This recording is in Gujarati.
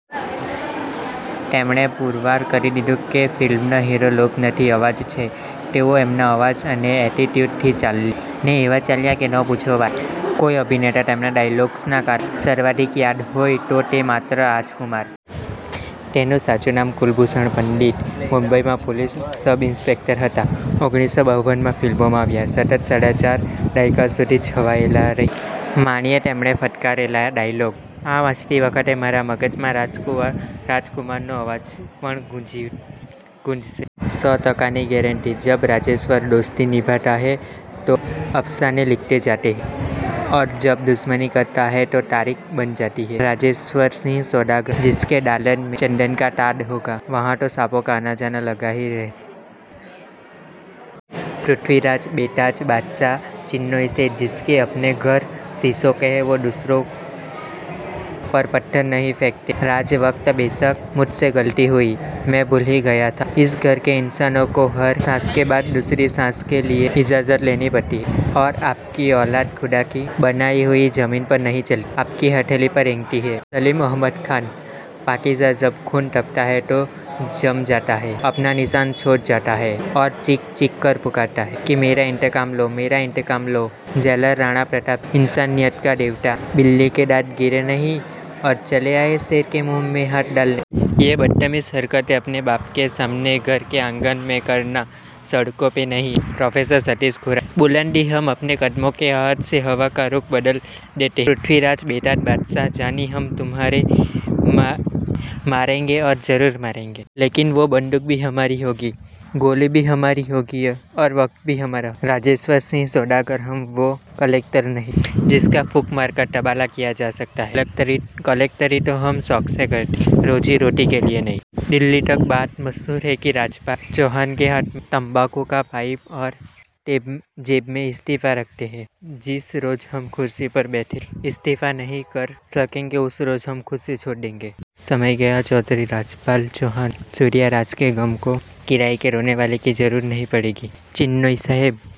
તેમણે પુરવાર કરી દીધું કે ફિલ્મનો હીરો લૂક નથી, અવાજ છે. તેઓ તેમના અવાજ અને એટીટ્યુડથી ચાલ્યા. ને એવા ચાલ્યા કે ન પૂછો વાત. કોઈ અભિનેતા તેના ડાયલોગ્સને કારણે સર્વાધિક યાદ હોય તો તે માત્ર રાજકુમાર. તેમનું સાચું નામ કુલભૂષણ પંડિત. મુંબઈમાં પોલીસ સબ ઇન્સ્પેક્ટર હતા. ઓગણીસો બાવનમાં ફિલ્મોમાં આવ્યા. સતત ચાર દાયકા સુધી છવાયેલા રહ્યા. માણીએ તેમણે ફટકારેલા ડાયોલોગ આ વાંચતી વખતે તમારા મગજમાં રાજકુમારનો અવાજ પણ ગૂંજશે. સો ટકાની ગેરેન્ટી, જબ રાજેશ્વર દોસ્તી નિભાતા હૈ તો અફસાને લિક્ખે જાતે હૈ ઔર જબ દુશ્મની કરતા હૈ તો તારીખ બન જાતી હૈ. રાજેશ્વર સિંહ, સૌદાગર જિસકે દાલાન મેં ચંદન કા તાડ હોગા વહાં તો સાંપો કા આના-જાના લગા હી રહેગા. પૃથ્વીરાજ, બેતાજ બાદશાહ ચિનૉય સેઠ, જિનકે અપને ઘર શીશે કે હોં, વો દૂસરો પર પથ્થર નહીં ફેંકા કરતે. રાજા, વક્ત બેશક મુઝસે ગલતી હુઈ, મેં ભૂલ હી ગયા થા, ઇસ ઘર કે ઇન્સાનો કો હર સાંસ કે બાદ દૂસરી સાંસ કે લિયે ઇજાઝત લેની પડતી હૈ ઔર આપકી ઔલાદ ખુદા કી બનાઈ હુઈ ઝમીન પર નહીં ચલતી, આપકી હથેલી પર રેંગતી હૈ. સલીમ અહમદ ખાન, પાકીઝા જબ ખૂન ટપકતા હૈ તો જમ જાતા હૈ, અપના નિશાન છોડ જાતા હૈ ઔર ચીખ-ચીખકર પુકારતા હૈ કિ મેરા ઇંતકામ લો, મેરા ઇંતકામ લો. જેલર રાણા પ્રતાપ સિંહ, ઇંસાનિયત કા દેવતા બિલ્લી કે દાંત ગિરે નહીં ઔર ચલે આયે શેર કે મુંહ મેં હાથ ડાલને. યે બદ્તમીઝ હરકતેં અપને બાપ કે સામને ઘર કે આંગન મેં કરના, સડકો પર નહીં. પ્રોફેસર સતીશ ખુરાના, બુલંદી હમ અપને કદમો કી આહટ સે હવા કા રુખ બદલ દેતે હૈ. પૃથ્વીરાજ, બેતાજ બાદશાહ જાની હમ તુમ્હારે મારેંગે, ઔર ઝરુર મારેંગે. લેકિન વો બંદૂક ભી હમારી હોગી, ગોલી ભી હમારી હોગી ઔર વક્ત ભી હમારા હોગા. રાજેશ્વર સિંહ, સૌદાગર હમ વો કલેક્ટર નહીં જિનકા ફૂંક મારકર તબાલા કિયા જા સકે. કલેક્ટરી તો હમ શૌક સે કરતે હૈ, રોઝી-રોટી કે લિયે નહીં. દિલ્હી તક બાત મશહૂર હૈ કિ રાજપાલ ચૌહાન કે હાથ મેં તંબાકૂ કા પાઇપ ઔર જેબ મેં ઇસ્તીફા રખતે હૈ. જિસ રોઝ હમ કુર્સી પર બૈઠ કર ઇન્સાફ નહીં કર સકેંગે ઉસ રોઝ હમ કુર્સી છોડ દેંગે. સમય ગયે ચૌધરી! રાજપાલ ચૌહાન, સૂર્યા રાજા કે ગમ કો કિરાએ કે રોને વાલો કી ઝરુરત નહીં પડેગી ચિનૉઇ સાહબ.